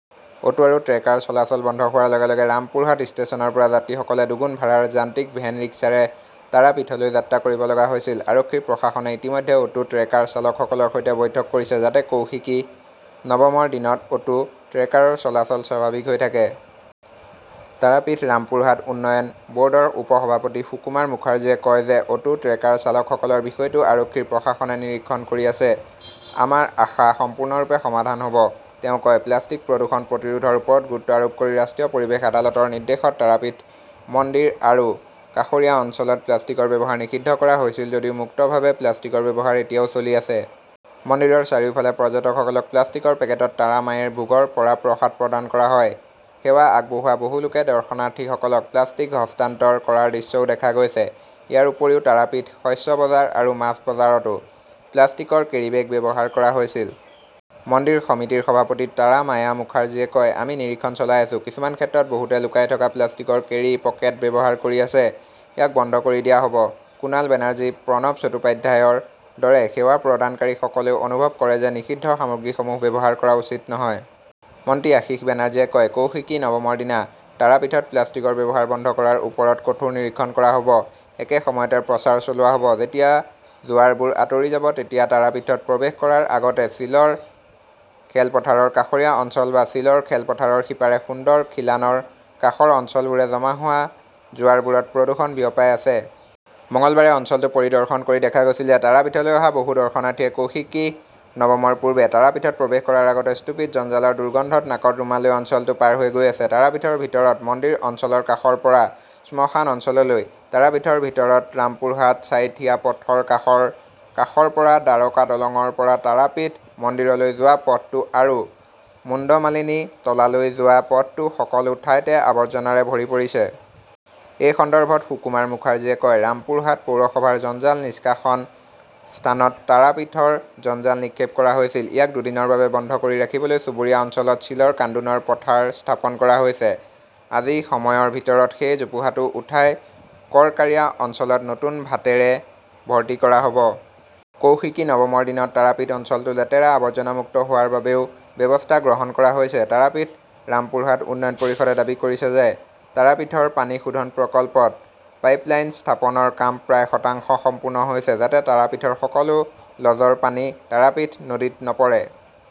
Auto আৰু trekker চলাচল বন্ধ হোৱাৰ লগে-লগে ৰামপুৰহাট ষ্টেচনৰ পৰা যাত্ৰীসকলে দুগুণ ভাড়াৰ যান্ত্ৰিক ভেন ৰিক্সাৰে তাৰাপীঠলৈ যাত্ৰা কৰিব লগা হৈছিল। আৰক্ষী, প্ৰশাসনে ইতিমধ্যে অটো, ট্ৰেকাৰ চালকসকলৰ সৈতে বৈঠক কৰিছে যাতে কৌশিকী নৱমৰ দিনত অটো, ট্ৰেকাৰৰ চলাচল স্বাভাৱিক হৈ থাকে। তাৰাপীথ ৰামপুৰহাট উন্নয়ন বৰ্ডৰ উপসভাপতি সুকুমাৰ মুখাৰ্জীয়ে কয় যে অটো, ট্ৰেকাৰ চালকসকলৰ বিষয়টো আৰক্ষী, প্ৰশাসনে নিৰীক্ষণ কৰি আছে। আমাৰ আশা সম্পূৰ্ণৰূপে সমাধান হ'ব। তেওঁ কয়, প্লাষ্টিক প্ৰদূষণ প্ৰতিৰোধৰ ওপৰত গুৰুত্ব আৰোপ কৰি ৰাষ্ট্ৰীয় পৰিৱেশ আদালতৰ নিৰ্দেশত তাৰাপীঠ মন্দিৰ আৰু কাষৰীয়া অঞ্চলত প্লাষ্টিকৰ ব্যৱহাৰ নিষিদ্ধ কৰা হৈছিল যদিও মুক্তভাৱে প্লাষ্টিকৰ ব্যৱহাৰ এতিয়াও চলি আছে। মন্দিৰৰ চাৰিওফালে পৰ্যটকসকলক প্লাষ্টিকৰ পেকেটত তাৰামায়েৰ ভোগৰ পৰা প্ৰসাদ প্ৰদান কৰা হয়। সেৱা আগবঢ়োৱা বহু লোকে দৰ্শনাৰ্থীসকলক প্লাষ্টিক হস্তান্তৰ কৰাৰ দৃশ্যও দেখা গৈছে। ইয়াৰ উপৰিও তাৰাপীঠ শস্য বজাৰ আৰু মাছ বজাৰতো প্লাষ্টিকৰ কেৰিব্যাগ ব্যৱহাৰ কৰা হৈছিল। মন্দিৰ সমিতিৰ সভাপতি তাৰামায়া মুখাৰ্জীয়ে কয়, আমি নিৰীক্ষণ চলাই আছো। কিছুমান ক্ষেত্ৰত বহুতে লুকাই থকা প্লাষ্টিকৰ কেৰিপকেট ব্যৱহাৰ কৰি আছে। ইয়াক বন্ধ কৰি দিয়া হ'ব। কুণাল বেনাৰ্জী, প্ৰণৱ চট্টোপাধ্যায়ৰ দৰে সেৱা প্ৰদানকাৰীসকলেও অনুভৱ কৰে যে নিষিদ্ধ সামগ্ৰীসমূহ ব্যৱহাৰ কৰা উচিত নহয়। মন্ত্ৰী আশীষ বেনাৰ্জীয়ে কয়, কৌশিকী নৱমৰ দিনা তাৰাপীঠত প্লাষ্টিকৰ ব্যৱহাৰ বন্ধ কৰাৰ ওপৰত কঠোৰ নিৰীক্ষণ কৰা হ'ব। একে সময়তে প্ৰচাৰ চলোৱা হ'ব। যেতিয়া জোৱাৰবোৰ আঁতৰি যাব তেতিয়া তাৰাপীঠত প্ৰৱেশ কৰাৰ আগতে চিলৰ খেলপথাৰৰ কাষৰীয়া অঞ্চল বা চিলৰ খেলপথাৰৰ সিপাৰে সুন্দৰ খিলানৰ কাষৰ অঞ্চলবোৰে জমা হোৱা জোৱাৰবোৰত প্ৰদূষণ বিয়পাই আছে। মঙলবাৰে অঞ্চলটো পৰিদৰ্শন কৰি দেখা গৈছিল যে তাৰাপীঠলৈ অহা বহু দৰ্শনাৰ্থীয়ে কৌশিকী নৱমৰ পূৰ্বে তাৰাপীঠত প্ৰৱেশ কৰাৰ আগতে স্তূপিত জঞ্জালৰ দুৰ্গন্ধত নাকত ৰুমাল লৈ অঞ্চলটো পাৰ হৈ গৈ আছে। তাৰাপীঠৰ ভিতৰত মন্দিৰ অঞ্চলৰ কাষৰ পৰা শ্মশান অঞ্চললৈ, তাৰাপীঠৰ ভিতৰত ৰামপুৰহাট ছাইথিয়া পথৰ কাষৰ কাষৰ পৰা, দ্বাৰকা দলংৰ পৰা তাৰাপীঠ মন্দিৰলৈ যোৱা পথটো আৰু মুণ্ডমালিনী তলালৈ যোৱা পথটো সকলো ঠাইতে আৱৰ্জনাৰে ভৰি পৰিছে। এই সন্দৰ্ভত সুকুমাৰ মুখাৰ্জীয়ে কয়, ৰামপুৰহাট পৌৰসভাৰ জঞ্জাল নিষ্কাশন স্থানত তাৰাপীঠৰ জঞ্জাল নিক্ষেপ কৰা হৈছিল। ইয়াক দুদিনৰ বাবে বন্ধ কৰি ৰাখিবলৈ চুবুৰীয়া অঞ্চলত চিলৰ কান্দোনৰ পথাৰ স্থাপন কৰা হৈছে। আজি সময়ৰ ভিতৰত সেই জোপোহাটো উঠাই কৰকাৰিয়া অঞ্চলত নতুন ভাটেৰে ভৰ্তি কৰা হ'ব। কৌশিকী নৱমৰ দিনত তাৰাপীঠ অঞ্চলটো লেতেৰা, আৱৰ্জনা মুক্ত হোৱাৰ বাবেও ব্যৱস্থা গ্ৰহণ কৰা হৈছে। তাৰাপীঠ ৰামপুৰহাট উন্নয়ন পৰিষদে দাবী কৰিছে যে তাৰাপীঠৰ পানী শোধন প্ৰকল্পত পাইপলাইন স্থাপনৰ কাম প্ৰায় শতাংশ সম্পূৰ্ণ হৈছে যাতে তাৰাপীঠৰ সকলো লজৰ পানী তাৰাপীঠ নদীত নপৰে।